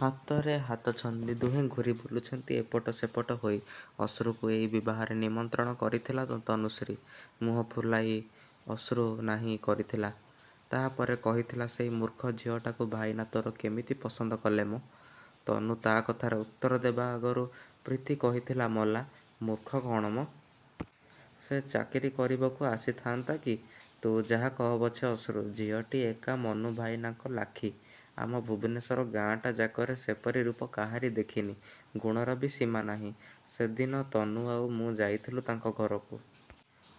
ହାତରେ ହାତ ଛନ୍ଦି ଦୁହେଁ ଘୂରି ବୁଲୁଛନ୍ତି ଏପଟ ସେପଟ ହୋଇ। ଅଶ୍ରୁକୁ ଏଇ ବିବାହରେ ନିମନ୍ତ୍ରଣ କରିଥିଲା ତ ତନୁଶ୍ରୀ। ମୁହଁ ଫୁଲାଇ ଅଶ୍ରୁ ନାହିଁ କରିଥିଲା। ତା' ପରେ କହିଥିଲା ସେଇ ମୂର୍ଖ ଝିଅଟାକୁ ଭାଇନା ତୋର କେମିତି ପସନ୍ଦ କଲେ ମ? ତନୁ ତା' କଥାର ଉତ୍ତର ଦେବା ଆଗରୁ ପ୍ରୀତି କହିଥିଲା ମଲା, ମୂର୍ଖ କ'ଣ ମ? ସେ ଚାକିରି କରିବାକୁ ଆସିଥାନ୍ତା କି? ତୁ ଯାହା କହ ପଛେ ଅଶ୍ରୁ, ଝିଅଟି ଏକା ମନୁ ଭାଇନାଙ୍କ ଲାଖି। ଆମ ଭୁବନେଶ୍ୱର ଗାଁଟା ଯାକରେ ସେପରି ରୂପ କାହାରି ଦେଖିନି। ଗୁଣର ବି ସୀମା ନାହିଁ। ସେଦିନ ତନୁ ଆଉ ମୁଁ ଯାଇଥିଲୁ ତାଙ୍କ ଘରକୁ।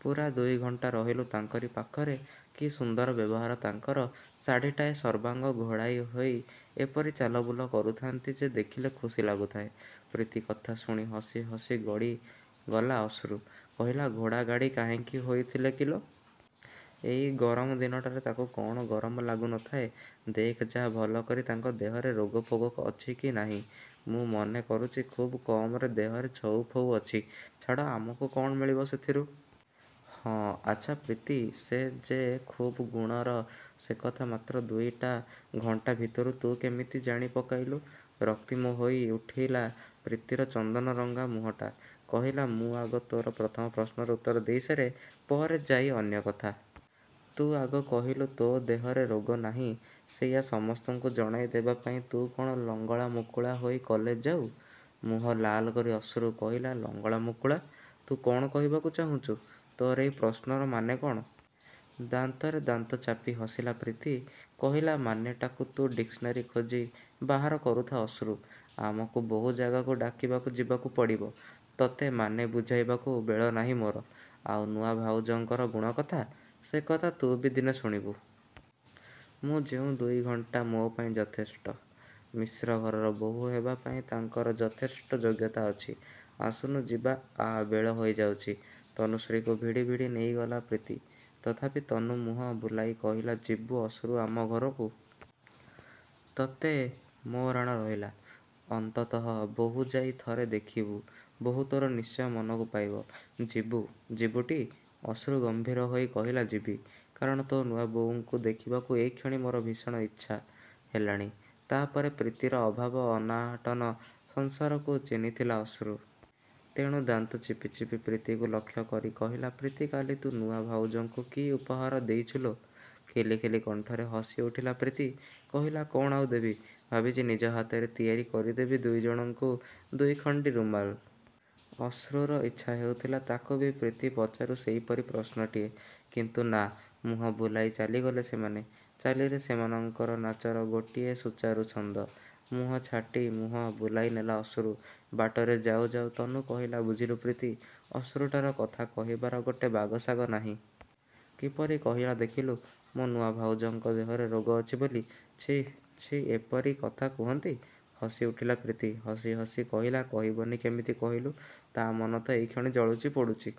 ପୂରା ଦୁଇ ଘଣ୍ଟା ରହିଲୁ ତାଙ୍କରି ପାଖରେ। କି ସୁନ୍ଦର ବ୍ୟବହାର ତାଙ୍କର। ଶାଢ଼ିଟାଏ ସର୍ବାଙ୍ଗ ଘୋଡ଼ାଇ ହୋଇ ଏପରି ଚାଲବୁଲ କରୁଥାନ୍ତି ଯେ ଦେଖିଲେ ଖୁସି ଲାଗୁଥାଏ। ପ୍ରୀତି କଥା ଶୁଣି ହସି ହସି ଗଡ଼ି ଗଲା ଅଶ୍ରୁ। କହିଲା ଘୋଡ଼ାଗାଡ଼ି କାହିଁକି ହୋଇଥିଲେ କିଲୋ? ଏଇ ଗରମ ଦିନଟାରେ ତାକୁ କ'ଣ ଗରମ ଲାଗୁ ନଥାଏ। ଦେଖ୍ ଯା ଭଲ କରି ତାଙ୍କ ଦେହରେ ରୋଗ ଫୋଗ ଅଛି କି ନାହିଁ। ମୁଁ ମନେ କରୁଛି, ଖୁବ୍ କମରେ ଦେହରେ ଛଉ ଫଉ ଅଛି। ଛାଡ଼ ଆମକୁ କ'ଣ ମିଳିବ ସେଥିରୁ। ହଁ, ଆଚ୍ଛା ପ୍ରୀତି, ସେ ଯେ ଖୁବ୍ ଗୁଣର ସେକଥା ମାତ୍ର ଦୁଇଟା ଘଣ୍ଟା ଭିତରୁ ତୁ କେମିତି ଜାଣି ପକାଇଲୁ? ରକ୍ତିମ ହୋଇ ଉଠିଲା ପ୍ରୀତିର ଚନ୍ଦନରଙ୍ଗା ମୁହଁଟା। କହିଲା ମୁଁ ଆଗ ତୋର ପ୍ରଥମ ପ୍ରଶ୍ନର ଉତ୍ତର ଦେଇ ସାରେ, ପରେ ଯାଇ ଅନ୍ୟ କଥା। ତୁ ଆଗ କହିଲୁ ତୋ ଦେହରେ ରୋଗ ନାହିଁ ସେଇଆ ସମସ୍ତଙ୍କୁ ଜଣାଇ ଦେବା ପାଇଁ ତୁ କ'ଣ ଲଙ୍ଗଳା ମୁକୁଳା ହୋଇ କଲେଜ ଯାଉ? ମୁହଁ ଲାଲ୍ କରି ଅଶ୍ରୁ କହିଲା ଲଙ୍ଗଳା ମୁକୁଳା! ତୁ କ'ଣ କହିବାକୁ ଚାହୁଁଛୁ? ତୋର ଏଇ ପ୍ରଶ୍ନର ମାନେ କ'ଣ? ଦାନ୍ତରେ ଦାନ୍ତ ଚାପି ହସିଲା ପ୍ରୀତି। କହିଲା ମାନେଟାକୁ ତୁ ଡିକ୍ସନାରୀ ଖୋଜି ବାହାର କରୁଥା ଅଶ୍ରୁ। ଆମକୁ ବହୁ ଜାଗାକୁ ଡାକିବାକୁ ଯିବାକୁ ପଡ଼ିବ। ତତେ ମାନେ ବୁଝାଇବାକୁ ବେଳ ନାହିଁ ମୋର। ଆଉ ନୂଆ ଭାଉଜଙ୍କର ଗୁଣ କଥା? ସେକଥା ତୁ ବି ଦିନେ ଶୁଣିବୁ। ମୁଁ ଯେଉଁ ଦୁଇ ଘଣ୍ଟା ମୋ ପାଇଁ ଯଥେଷ୍ଟ। ମିଶ୍ର ଘରର ବୋହୂ ହେବା ପାଇଁ ତାଙ୍କର ଯଥେଷ୍ଟ ଯୋଗ୍ୟତା ଅଛି। ଆସୁନୁ ଯିବା ଆ ବେଳ ହୋଇଯାଉଛି। ତନୁଶ୍ରୀକୁ ଭିଡ଼ି ଭିଡ଼ି ନେଇଗଲା ପ୍ରୀତି। ତଥାପି ତନୁ ମୁହଁ ବୁଲାଇ କହିଲା ଯିବୁ ଅଶ୍ରୁ ଆମ ଘରକୁ। ତତେ ମୋ ରାଣ ରହିଲା। ଅନ୍ତତଃ ବୋହୂ ଯାଇ ଥରେ ଦେଖିବୁ। ବୋହୂ ତୋର ନିଶ୍ଚୟ ମନକୁ ପାଇବ। ଯିବୁ, ଯିବୁଟି? ଅଶ୍ରୁ ଗମ୍ଭୀର ହୋଇ କହିଲା ଯିବି। କାରଣ ତୋ ନୂଆବୋଉଙ୍କୁ ଦେଖିବାକୁ ଏଇକ୍ଷଣି ମୋର ଭୀଷଣ ଇଚ୍ଛା ହେଲାଣି। ତା' ପରେ ପ୍ରୀତିର ଅଭାବ ଅନାଟନ ସଂସାରକୁ ଚିହ୍ନିଥିଲା ଅଶ୍ରୁ। ତେଣୁ ଦାନ୍ତ ଚିପି ଚିପି ପ୍ରୀତିକୁ ଲକ୍ଷ୍ୟ କରି କହିଲା ପ୍ରୀତି କାଲି ତୁ ନୂଆ ଭାଉଜଙ୍କୁ କି ଉପହାର ଦେଇଛୁ ଲୋ? ଖିଲି ଖିଲି କଣ୍ଠରେ ହସି ଉଠିଲା ପ୍ରୀତି। କହିଲା କ'ଣ ଆଉ ଦେବି। ଭାବିଛି ନିଜ ହାତରେ ତିଆରି କରି ଦେବି ଦୁଇଜଣଙ୍କୁ ଦୁଇଖଣ୍ଡି ରୁମାଲ୍। ଅଶ୍ରୁର ଇଚ୍ଛା ହେଉଥିଲା ତାକୁ ବି ପ୍ରୀତି ପଚାରୁ ସେଇପରି ପ୍ରଶ୍ନଟିଏ। କିନ୍ତୁ ନା, ମୁହଁ ବୁଲାଇ ଚାଲିଗଲେ ସେମାନେ। ଚାଲିରେ ସେମାନଙ୍କର ନାଚର ଗୋଟିଏ ସୁଚାରୁ ଛନ୍ଦ। ମୁହଁ ଛାଟି ମୁହଁ ବୁଲାଇ ନେଲା ଅଶ୍ରୁ। ବାଟରେ ଯାଉ ଯାଉ ତନୁ କହିଲା ବୁଝିଲୁ ପ୍ରୀତି, ଅଶ୍ରୁଟାର କଥା କହିବାର ଗୋଟେ ବାଗସାଗ ନାହିଁ। କିପରି କହିଲା ଦେଖିଲୁ, ମୋ ନୂଆ ଭାଉଜଙ୍କ ଦେହରେ ରୋଗ ଅଛି ବୋଲି। ଛି, ଛି ଏପରି କଥା କୁହନ୍ତି। ହସି ଉଠିଲା ପ୍ରୀତି। ହସି ହସି କହିଲା କହିବନି କେମିତି କହିଲୁ? ତା' ମନ ତ ଏଇକ୍ଷଣି ଜଳୁଛି ପୋଡ଼ୁଛି।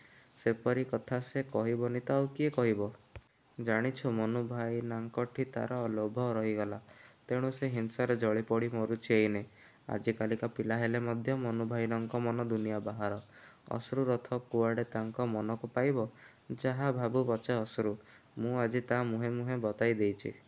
ସେପରି କଥା ସେ କହିବନି ତ ଆଉ କିଏ କହିବ? ଜାଣିଛୁ, ମନୁ ଭାଇନାଙ୍କଠି ତା'ର ଲୋଭ ରହିଗଲା। ତେଣୁ ସେ ହିଂସାରେ ଜଳି ପୋଡ଼ି ମରୁଛି ଏଇନେ। ଆଜିକାଲିକା ପିଲା ହେଲେ ମଧ୍ୟ ମନୁ ଭାଇନାଙ୍କ ମନ ଦୁନିଆ ବାହାର। ଅଶ୍ରୁ ରଥ କୁଆଡ଼େ ତାଙ୍କ ମନକୁ ପାଇବ? ଯାହା ଭାବୁ ପଛେ ଅଶ୍ରୁ, ମୁଁ ଆଜି ତା' ମୁହେଁ ମୁହେଁ ବତାଇ ଦେଇଛି ।